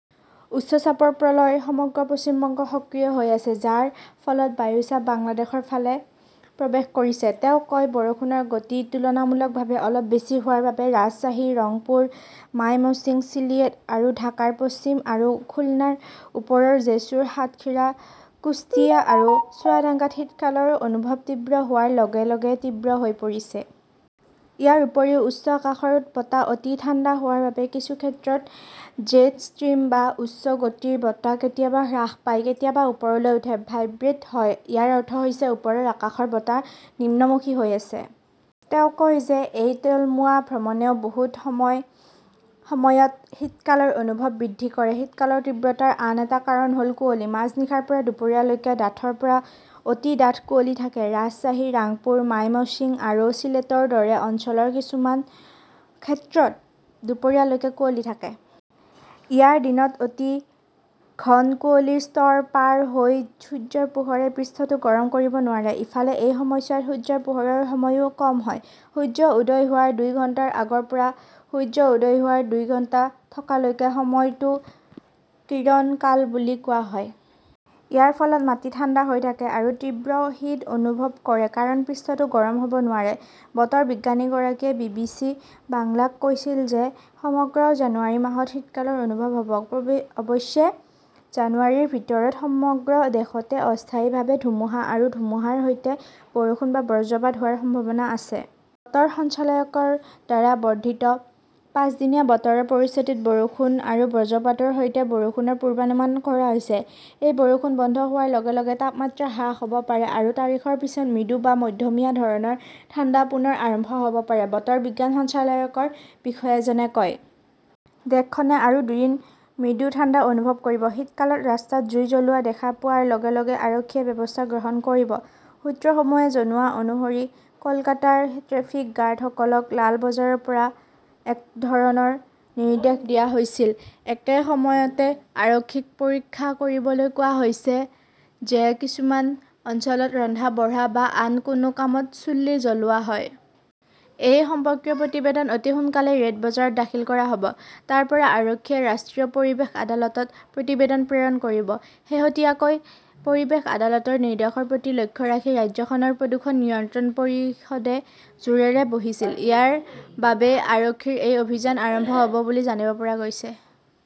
উচ্চ চাপৰ প্ৰলয় সমগ্ৰ পশ্চিম বংগত সক্ৰিয় হৈ আছে, যাৰ ফলত বায়ু চাপ বাংলাদেশৰ ফালে প্ৰৱেশ কৰিছে। তেওঁ কয় বৰষুণৰ গতি তুলনামূলকভাৱে অলপ বেছি হোৱাৰ বাবে ৰাজশ্বাহী, ৰংপুৰ, মাইমশ্বিং, চিলিয়েট আৰু ঢাকাৰ পশ্চিম আৰু খুলনাৰ ওপৰৰ জেছুৰ, সাতখিৰা, কুশ্তিয়া আৰু চুৱাডাঙ্গাত শীতকালৰ অনুভৱ তীব্ৰ হোৱাৰ লগে লগে তীব্ৰ হৈ পৰিছে। ইয়াৰ উপৰিও উচ্চ আকাশৰ বতাহ অতি ঠাণ্ডা হোৱাৰ বাবে কিছুমান ক্ষেত্ৰত 'জেড ষ্ট্ৰীম বা উচ্চ গতিৰ বতাহ কেতিয়াবা হ্ৰাস পায়, কেতিয়াবা ওপৰলৈ উঠে, ভাইব্ৰেট হয়। ইয়াৰ অৰ্থ হৈছে ওপৰৰ আকাশৰ বতাহ নিম্নমুখী হৈ আছে। তেওঁ কয় যে ,এই তলমুৱা ভ্ৰমণেও বহু সময়ত শীতকালৰ অনুভৱ বৃদ্ধি কৰে । শীতকালৰ তীব্ৰতাৰ আন এটা কাৰণ হ'ল কুঁৱলী। মাজনিশাৰ পৰা দুপৰীয়া লৈকে ডাঠৰ পৰা অতি ডাঠ কুঁৱলী থাকে। ৰাজশ্বাহী, ৰাংপুৰ, মাইমশ্বিং আৰু চিলেটৰ দৰে অঞ্চলৰ কিছুমান ক্ষেত্ৰত দুপৰীয়া লৈকে কুঁৱলী থাকে। ইয়াৰ দিনত অতি ঘন কুঁৱলীৰ স্তৰ পাৰ হৈ সূৰ্যৰ পোহৰে পৃষ্ঠটো গৰম কৰিব নোৱাৰে। ইফালে, এই সময়ছোৱাত সূৰ্যৰ পোহৰৰ সময়ও কম হয়। সূৰ্য উদয় হোৱাৰ দুই ঘণ্টাৰ আগৰ পৰা সূৰ্য উদয় হোৱাৰ দুই ঘণ্টালৈকে থকা সময়টোক কিৰণ কাল বুলি কোৱা হয়। ইয়াৰ ফলত মাটি ঠাণ্ডা হৈ থাকে আৰু তীব্ৰ শীত অনুভৱ কৰে কাৰণ পৃষ্ঠটো গৰম হ'ব নোৱাৰে। বতৰ বিজ্ঞানীগৰাকীয়ে বি. বি. চি. বাংলাক কৈছিল যে, সমগ্ৰ জানুৱাৰী মাহত শীতকালৰ অনুভৱ হ'ব। অৱশ্যে, জানুৱাৰীৰ ভিতৰত সমগ্ৰ দেশতে অস্থায়ীভাৱে ধুমুহা আৰু ধুমুহাৰ সৈতে বৰষুণ বা বজ্ৰপাত হোৱাৰ সম্ভাৱনা আছে। বতৰ সঞ্চালকালয়ৰ দ্বাৰা বৰ্ধিত পাঁচদিনীয়া বতৰৰ পৰিস্থিতিত বৰষুণ আৰু বজ্ৰপাতৰ সৈতে বৰষুণৰ পূৰ্বানুমান কৰা হৈছে। এই বৰষুণ বন্ধ হোৱাৰ লগে লগে তাপমাত্ৰা হ্ৰাস হ'ব পাৰে আৰু তাৰিখৰ পিছত মৃদু বা মধ্যমীয়া ধৰণৰ ঠাণ্ডা পুনৰ আৰম্ভ হ'ব পাৰে, বতৰ বিজ্ঞান সঞ্চালকালয়ৰ বিষয়াজনে কয়। দেশখনে আৰু দুদিন মৃদু ঠাণ্ডা অনুভৱ কৰিব। শীতকালত ৰাস্তাত জুই জ্বলোৱা দেখা পোৱাৰ লগে লগে আৰক্ষীয়ে ব্যৱস্থা গ্ৰহণ কৰিব। সূত্ৰসমূহে জনোৱা অনুসৰি কলকাতাৰ ট্ৰেফিক গাৰ্ডসকলক লাল বজাৰৰ পৰা একেধৰণৰ নিৰ্দেশ দিয়া হৈছিল। একে সময়তে, আৰক্ষীক পৰীক্ষা কৰিবলৈ কোৱা হৈছে যে কিছুমান অঞ্চলত ৰন্ধা-বঢ়া বা আন কোনো কামত চুল্লী জ্বলোৱা হয়। এই সম্পৰ্কীয় প্ৰতিবেদন অতি সোনকালেই ৰেড বজাৰত দাখিল কৰা হ'ব। তাৰ পৰা আৰক্ষীয়ে ৰাষ্ট্ৰীয় পৰিৱেশ আদালতত প্ৰতিবেদন প্ৰেৰণ কৰিব। শেহতীয়াকৈ, পৰিৱেশ আদালতৰ নিৰ্দেশৰ প্ৰতি লক্ষ্য ৰাখি ৰাজ্যখনৰ প্ৰদূষণ নিয়ন্ত্ৰণ পৰিষদে জোৰেৰে বহিছিল। ইয়াৰ বাবেই আৰক্ষীৰ এই অভিযান আৰম্ভ হ'ব বুলি জানিব পৰা গৈছে।